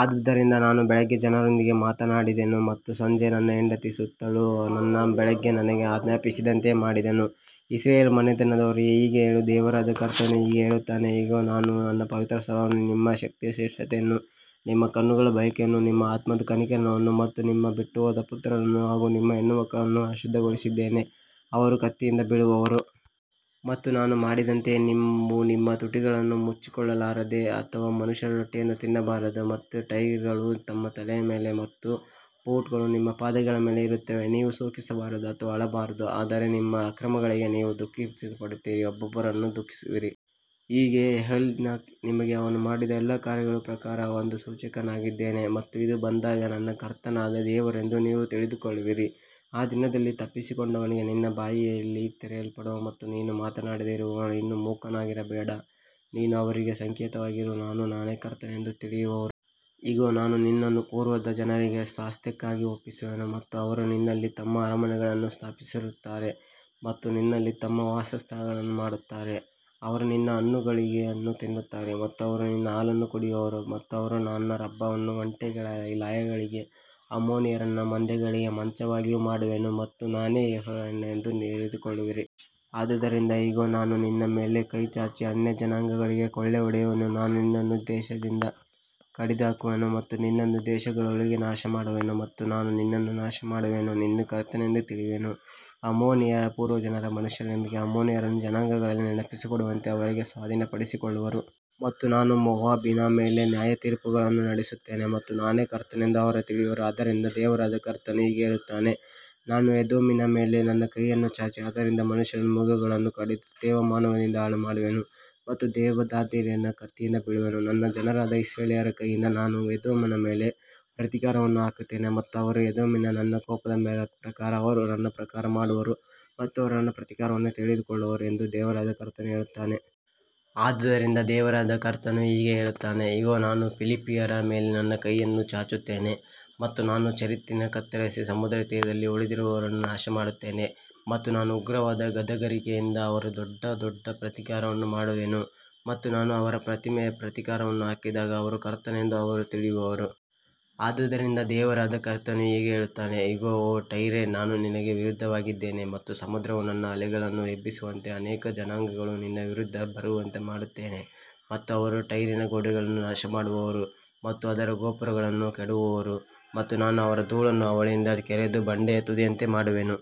ಆದುದರಿಂದ ನಾನು ಬೆಳಿಗ್ಗೆ ಜನರೊಂದಿಗೆ ಮಾತನಾಡಿದೆನು ಮತ್ತು ಸಂಜೆ ನನ್ನ ಹೆಂಡತಿ ಸತ್ತಳು ಮತ್ತು ನಾನು ಬೆಳಿಗ್ಗೆ ನನಗೆ ಆಜ್ಞಾಪಿಸಿದಂತೆಯೇ ಮಾಡಿದೆನು. ಇಸ್ರಾಯೇಲ್ ಮನೆತನದವರಿಗೆ ಹೀಗೆ ಹೇಳು, ದೇವರಾದ ಕರ್ತನು ಹೀಗೆ ಹೇಳುತ್ತಾನೆ, ಇಗೋ, ನಾನು ನನ್ನ ಪವಿತ್ರ ಸ್ಥಳವನ್ನು, ನಿಮ್ಮ ಶಕ್ತಿಯ ಶ್ರೇಷ್ಠತೆಯನ್ನು, ನಿಮ್ಮ ಕಣ್ಣುಗಳ ಬಯಕೆಯನ್ನು, ನಿಮ್ಮ ಆತ್ಮವು ಕನಿಕರಿಸುವುದನ್ನು ಮತ್ತು ನೀವು ಬಿಟ್ಟುಹೋದ ನಿಮ್ಮ ಪುತ್ರರು ಮತ್ತು ನಿಮ್ಮ ಹೆಣ್ಣುಮಕ್ಕಳನ್ನು ಅಶುದ್ಧಗೊಳಿಸುತ್ತೇನೆ, ಅವರು ಕತ್ತಿಯಿಂದ ಬೀಳುವರು. ಮತ್ತು ನಾನು ಮಾಡಿದಂತೆಯೇ ನೀವು ನಿಮ್ಮ ತುಟಿಗಳನ್ನು ಮುಚ್ಚಿಕೊಳ್ಳಬಾರದು ಅಥವಾ ಮನುಷ್ಯರ ರೊಟ್ಟಿಯನ್ನು ತಿನ್ನಬಾರದು ಮತ್ತು ನಿಮ್ಮ ಟೈರ್ಗಳು ನಿಮ್ಮ ತಲೆಯ ಮೇಲೆ ಮತ್ತು ನಿಮ್ಮ ಬೂಟುಗಳು ನಿಮ್ಮ ಪಾದಗಳ ಮೇಲೆ ಇರುತ್ತವೆ, ನೀವು ಶೋಕಿಸಬಾರದು ಅಥವಾ ಅಳಬಾರದು, ಆದರೆ ನಿಮ್ಮ ಅಕ್ರಮಗಳಿಗಾಗಿ ನೀವು ದುಃಖಪಡುತ್ತೀರಿ ಮತ್ತು ಒಬ್ಬರನ್ನೊಬ್ಬರು ದುಃಖಿಸುವಿರಿ. ಹೀಗೆ ಯೆಹೆಜ್ಕೇಲನು ನಿಮಗೆ ಅವನು ಮಾಡಿದ ಎಲ್ಲಾ ಕಾರ್ಯಗಳ ಪ್ರಕಾರ ಒಂದು ಸೂಚಕವಾಗಿದ್ದಾನೆ ಮತ್ತು ಇದು ಬಂದಾಗ ನಾನು ಕರ್ತನಾದ ದೇವರೆಂದು ನೀವು ತಿಳಿದುಕೊಳ್ಳುವಿರಿ. ಆ ದಿನದಲ್ಲಿ ತಪ್ಪಿಸಿಕೊಂಡವನಿಗೆ ನಿನ್ನ ಬಾಯಿ ತೆರೆಯಲ್ಪಡುವುದು ಮತ್ತು ನೀನು ಮಾತನಾಡುವೆ ಮತ್ತು ಇನ್ನು ಮೂಕನಾಗಿರಬೇಡ ಮತ್ತು ನೀನು ಅವರಿಗೆ ಸಂಕೇತವಾಗಿರುವೆ ಮತ್ತು ನಾನೇ ಕರ್ತನೆಂದು ಅವರು ತಿಳಿಯುವರು. ಇಗೋ, ನಾನು ನಿನ್ನನ್ನು ಪೂರ್ವದ ಜನರಿಗೆ ಸ್ವಾಸ್ತ್ಯಕ್ಕಾಗಿ ಒಪ್ಪಿಸುವೆನು ಮತ್ತು ಅವರು ನಿನ್ನಲ್ಲಿ ತಮ್ಮ ಅರಮನೆಗಳನ್ನು ಸ್ಥಾಪಿಸುತ್ತಾರೆ ಮತ್ತು ನಿನ್ನಲ್ಲಿ ತಮ್ಮ ವಾಸಸ್ಥಾನಗಳನ್ನು ಮಾಡುತ್ತಾರೆ, ಅವರು ನಿನ್ನ ಹಣ್ಣುಗಳನ್ನು ತಿನ್ನುತ್ತಾರೆ ಮತ್ತು ಅವರು ನಿನ್ನ ಹಾಲನ್ನು ಕುಡಿಯುವರು. ಮತ್ತು ನಾನು ರಬ್ಬಾವನ್ನು ಒಂಟೆಗಳಿಗೆ ಲಾಯವಾಗಿಯೂ ಅಮ್ಮೋನಿಯರನ್ನು ಮಂದೆಗಳಿಗೆ ಮಂಚವಾಗಿಯೂ ಮಾಡುವೆನು ಮತ್ತು ನಾನೇ ಯೆಹೋವನು ಎಂದು ನೀವು ತಿಳಿದುಕೊಳ್ಳುವಿರಿ. ಆದದರಿಂದ ಇಗೋ, ನಾನು ನಿನ್ನ ಮೇಲೆ ಕೈ ಚಾಚಿ ಅನ್ಯಜನಾಂಗಗಳಿಗೆ ಕೊಳ್ಳೆಹೊಡೆಯುವೆನು ಮತ್ತು ನಿನ್ನನ್ನು ಜನರಿಂದ ಕಡಿದುಹಾಕುವೆನು ಮತ್ತು ನಿನ್ನನ್ನು ದೇಶಗಳೊಳಗಿಂದ ನಾಶಮಾಡುವೆನು ಮತ್ತು ನಾನು ನಿನ್ನನ್ನು ನಾಶಮಾಡುವೆನು ಮತ್ತು ನೀನು ನಾನು ಕರ್ತನೆಂದು ತಿಳಿಯುವೆ. ಅಮ್ಮೋನಿಯರೊಂದಿಗೆ ಪೂರ್ವದ ಮನುಷ್ಯರಿಗೆ ಅಮ್ಮೋನಿಯರನ್ನು ಜನಾಂಗಗಳಲ್ಲಿ ನೆನಪಿಸಿಕೊಳ್ಳದಂತೆ ಅವರಿಗೆ ಸ್ವಾಧೀನಪಡಿಸಿಕೊಳ್ಳುವರು. ಮತ್ತು ನಾನು ಮೋವಾಬಿನ ಮೇಲೆ ನ್ಯಾಯತೀರ್ಪುಗಳನ್ನು ನಡೆಸುತ್ತೇನೆ ಮತ್ತು ನಾನೇ ಕರ್ತನೆಂದು ಅವರು ತಿಳಿಯುವರು. ಆದದರಿಂದ ದೇವರಾದ ಕರ್ತನು ಹೀಗೆ ಹೇಳುತ್ತಾನೆ, ನಾನು ಎದೋಮಿನ ಮೇಲೆ ನನ್ನ ಕೈಯನ್ನು ಚಾಚಿ ಅದರಿಂದ ಮನುಷ್ಯರನ್ನೂ ಮೃಗಗಳನ್ನೂ ಕಡಿದು ತೇಮಾನಿನಿಂದ ಹಾಳುಮಾಡುವೆನು ಮತ್ತು ದೇದಾನಿನವರು ಕತ್ತಿಯಿಂದ ಬೀಳುವರು. ನನ್ನ ಜನರಾದ ಇಸ್ರಾಯೇಲ್ಯರ ಕೈಯಿಂದ ನಾನು ಎದೋಮಿನ ಮೇಲೆ ನನ್ನ ಪ್ರತೀಕಾರವನ್ನು ಹಾಕುತ್ತೇನೆ ಮತ್ತು ಅವರು ಎದೋಮಿನಲ್ಲಿ ನನ್ನ ಕೋಪದ ಪ್ರಕಾರ ಮತ್ತು ನನ್ನ ಕೋಪದ ಪ್ರಕಾರ ಮಾಡುವರು ಮತ್ತು ಅವರು ನನ್ನ ಪ್ರತೀಕಾರವನ್ನು ತಿಳಿದುಕೊಳ್ಳುವರು ಎಂದು ದೇವರಾದ ಕರ್ತನು ಹೇಳುತ್ತಾನೆ. ಆದದರಿಂದ ದೇವರಾದ ಕರ್ತನು ಹೀಗೆ ಹೇಳುತ್ತಾನೆ, ಇಗೋ, ನಾನು ಫಿಲಿಷ್ಟಿಯರ ಮೇಲೆ ನನ್ನ ಕೈಯನ್ನು ಚಾಚುತ್ತೇನೆ ಮತ್ತು ನಾನು ಚೆರೆಥಿಮರನ್ನು ಕತ್ತರಿಸಿ ಸಮುದ್ರತೀರದಲ್ಲಿ ಉಳಿದಿರುವವರನ್ನು ನಾಶಮಾಡುತ್ತೇನೆ. ಮತ್ತು ನಾನು ಉಗ್ರವಾದ ಗದರಿಕೆಗಳಿಂದ ಅವರ ಮೇಲೆ ದೊಡ್ಡ ಪ್ರತೀಕಾರವನ್ನು ಮಾಡುವೆನು ಮತ್ತು ನಾನು ಅವರ ಮೇಲೆ ನನ್ನ ಪ್ರತೀಕಾರವನ್ನು ಹಾಕಿದಾಗ ನಾನೇ ಕರ್ತನೆಂದು ಅವರು ತಿಳಿಯುವರು. ಆದದರಿಂದ ದೇವರಾದ ಕರ್ತನು ಹೀಗೆ ಹೇಳುತ್ತಾನೆ, ಇಗೋ, ಓ ಟೈರೇ, ನಾನು ನಿನಗೆ ವಿರುದ್ಧವಾಗಿದ್ದೇನೆ ಮತ್ತು ಸಮುದ್ರವು ತನ್ನ ಅಲೆಗಳನ್ನು ಎಬ್ಬಿಸುವಂತೆ ಅನೇಕ ಜನಾಂಗಗಳು ನಿನ್ನ ವಿರುದ್ಧ ಬರುವಂತೆ ಮಾಡುತ್ತೇನೆ ಮತ್ತು ಅವರು ಟೈರಿನ ಗೋಡೆಗಳನ್ನು ನಾಶಮಾಡುವರು ಮತ್ತು ಅದರ ಗೋಪುರಗಳನ್ನು ಕೆಡವುವರು ಮತ್ತು ನಾನು ಅವಳ ಧೂಳನ್ನು ಅವಳಿಂದ ಕೆರೆದು ಬಂಡೆಯ ತುದಿಯಂತೆ ಮಾಡುವೆನು.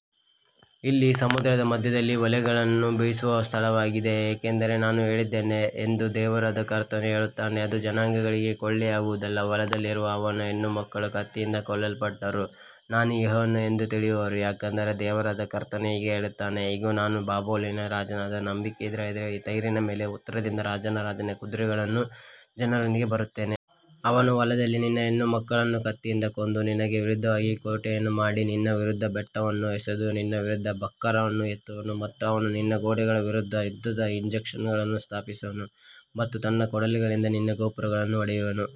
ಇದು ಸಮುದ್ರದ ಮಧ್ಯದಲ್ಲಿ ಬಲೆಗಳನ್ನು ಬೀಸುವ ಸ್ಥಳವಾಗಿದೆ, ಏಕೆಂದರೆ ನಾನು ಹೇಳಿದ್ದೇನೆ ಎಂದು ದೇವರಾದ ಕರ್ತನು ಹೇಳುತ್ತಾನೆ ಮತ್ತು ಅದು ಜನಾಂಗಗಳಿಗೆ ಕೊಳ್ಳೆಯಾಗುವುದು ಮತ್ತು ಹೊಲದಲ್ಲಿರುವ ಅವಳ ಹೆಣ್ಣುಮಕ್ಕಳು ಕತ್ತಿಯಿಂದ ಕೊಲ್ಲಲ್ಪಡುವರು ಮತ್ತು ನಾನೇ ಯೆಹೋವನು ಎಂದು ತಿಳಿಯುವರು. ಯಾಕಂದರೆ ದೇವರಾದ ಕರ್ತನು ಹೀಗೆ ಹೇಳುತ್ತಾನೆ, ಇಗೋ, ನಾನು ಬಾಬಿಲೋನಿನ ರಾಜನಾದ ನೆಬುಕದ್ರೆಜ್ಜರನನ್ನು, ಟೈರಿನ ಮೇಲೆ ಉತ್ತರದಿಂದ ರಾಜರ ರಾಜನಾಗಿ, ಕುದುರೆಗಳು, ರಥಗಳು, ಕುದುರೆಸವಾರರು, ತಂಡಗಳು ಮತ್ತು ಹೆಚ್ಚಿನ ಜನರೊಂದಿಗೆ ಬರುತ್ತೇನೆ. ಅವನು ಹೊಲದಲ್ಲಿ ನಿನ್ನ ಹೆಣ್ಣುಮಕ್ಕಳನ್ನು ಕತ್ತಿಯಿಂದ ಕೊಂದು ನಿನಗೆ ವಿರುದ್ಧವಾಗಿ ಕೋಟೆಯನ್ನು ಮಾಡಿ ನಿನ್ನ ವಿರುದ್ಧ ಬೆಟ್ಟವನ್ನು ಎಸೆದು ನಿನ್ನ ವಿರುದ್ಧ ಬಕ್ಕರ್ ಅನ್ನು ಎತ್ತುವನು. ಮತ್ತು ಅವನು ನಿನ್ನ ಗೋಡೆಗಳ ವಿರುದ್ಧ ಯುದ್ಧದ ಇಂಜಿನ್ಗಳನ್ನು ಸ್ಥಾಪಿಸುವನು ಮತ್ತು ತನ್ನ ಕೊಡಲಿಗಳಿಂದ ನಿನ್ನ ಗೋಪುರಗಳನ್ನು ಒಡೆಯುವನು.